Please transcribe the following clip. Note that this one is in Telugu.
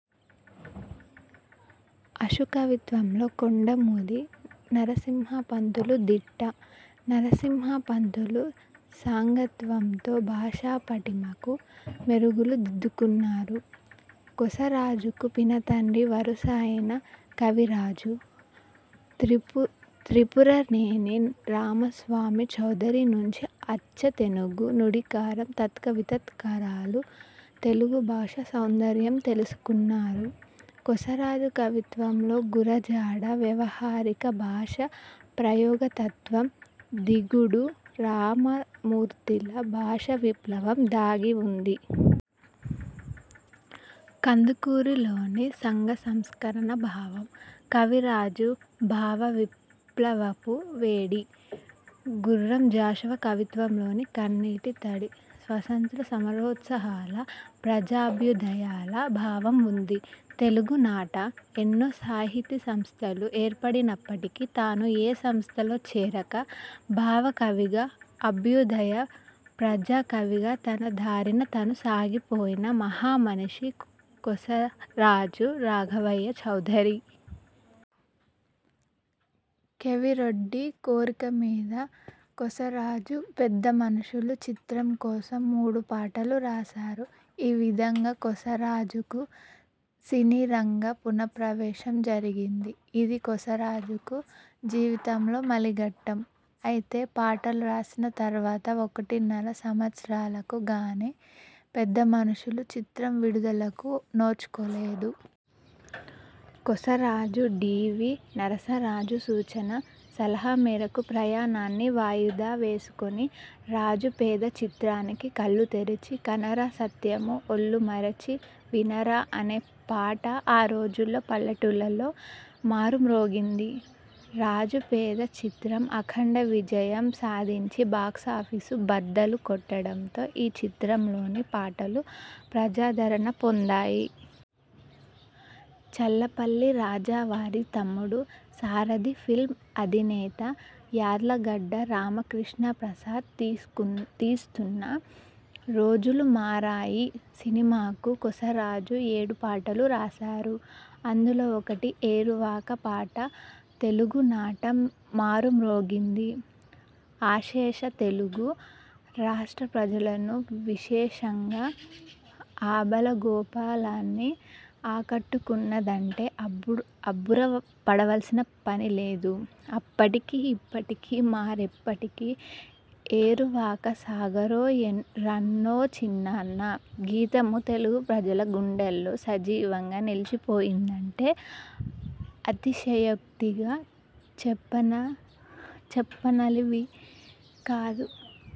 అశుకవిత్వంలో కొండముది నరసింహపంతులు దిట్ట. నరసింహ పంతులు సాంగత్యంతో భాషాపటిమకు మెరుగులు దిద్దుకున్నారు. కొసరాజుకు పినతండ్రి వరుస అయిన కవిరాజు త్రిపురనేని రామస్వామి చౌదరి నుంచి అచ్చతెనుగు నుడికారం తర్క వితర్కాలు, తెలుగు భాషా సౌందర్యం తెలుసుకున్నారు. కొసరాజు కవిత్వంలో గురజాడ వ్యవహారిక భాషా ప్రయోగతత్వం, గిడుగు రామమూర్తిల భాషా విప్లవం దాగి ఉంది. కందుకూరిలోని సంఘ సంస్కరణ భావం, కవిరాజు భావ విప్లవపు వేడి, గుర్రం జాషువా కవిత్వంలోని కన్నీటి తడి, స్వాతంత్య్ర సమరోత్సాహాల, ప్రజాభ్యుదయాల ప్రభావం ఉంది. తెలుగునాట ఎన్నో సాహితీసమస్థలు ఏర్పడినప్పటికీ తాను ఏ సంస్థలో చేరక భావ కవిగా, అభ్యుదయ, ప్రజాకవిగా తన దారిన తాను సాగిపోయిన మహామనీషి కొసరాజు రాఘవయ్య చౌదరి. కెవి రెడ్డి కోరిక మీద కొసరాజు పెద్ద మనుషులు చిత్రం కోసం మూడు పాటలు రాశారు. ఈ విధంగా కొసరాజుకు సినీరంగ పున:ప్రవేశం జరిగింది. ఇది కొసరాజుకు జీవితంలో మలిఘట్టం. అయితే పాటలు రాసిన తరువాత ఒకటిన్నర సంవత్సరాలకు గానీ ''పెద్ద మనుషులు'' చిత్రం విడుదలకు నోచుకోలేదు. కొసరాజు డి. వి. నరసరాజు సూచన, సలహా మేరకు ప్రయాణాన్ని వాయిదా వేసుకుని రాజు–పేద చిత్రానికి కళ్ళుతెరిచి కనరా సత్యము – ఒళ్ళుమరచి వినరా అనే పాట ఆ రోజుల్లో పల్లెటూళ్లలో మారుమ్రోగింది. ''రాజుపేద'' చిత్రం అఖండ విజయం సాధించి బాక్సాఫీసు బద్దలు కొట్టడంతో ఈ చిత్రంలోని పాటలూ ప్రజాదరణ పొందాయి. చల్లపల్లి రాజావారి తమ్ముడు, సారధి ఫిల్మ్ అధినేత యార్లగడ్డ రామకృష్ణ ప్రసాద్ తీస్తున్న ''రోజులు మారాయి'' సినిమాకు కొసరాజు ఏడు పాటలు రాశారు. అందులో ఒకటి ఏరువాక పాట తెలుగునాట మారుమ్రోగింది. అశేష తెలుగు రాష్ట్ర ప్రజలను విశేషంగా ఆబాలగోపాలాన్ని ఆకట్టుకున్నదంటే అబ్బురపడవలసిన పనిలేదు. అప్పటికీ ఇప్పటికీ మరెప్పటికీ ''ఏరువాక సాగారో రన్నో చిన్నన్నా '' గీతము తెలుగు ప్రజల గుండెల్లో సజీవంగా నిలచిపోయిందంటే అతిశయోక్తిగా చెప్పనలవికాదు.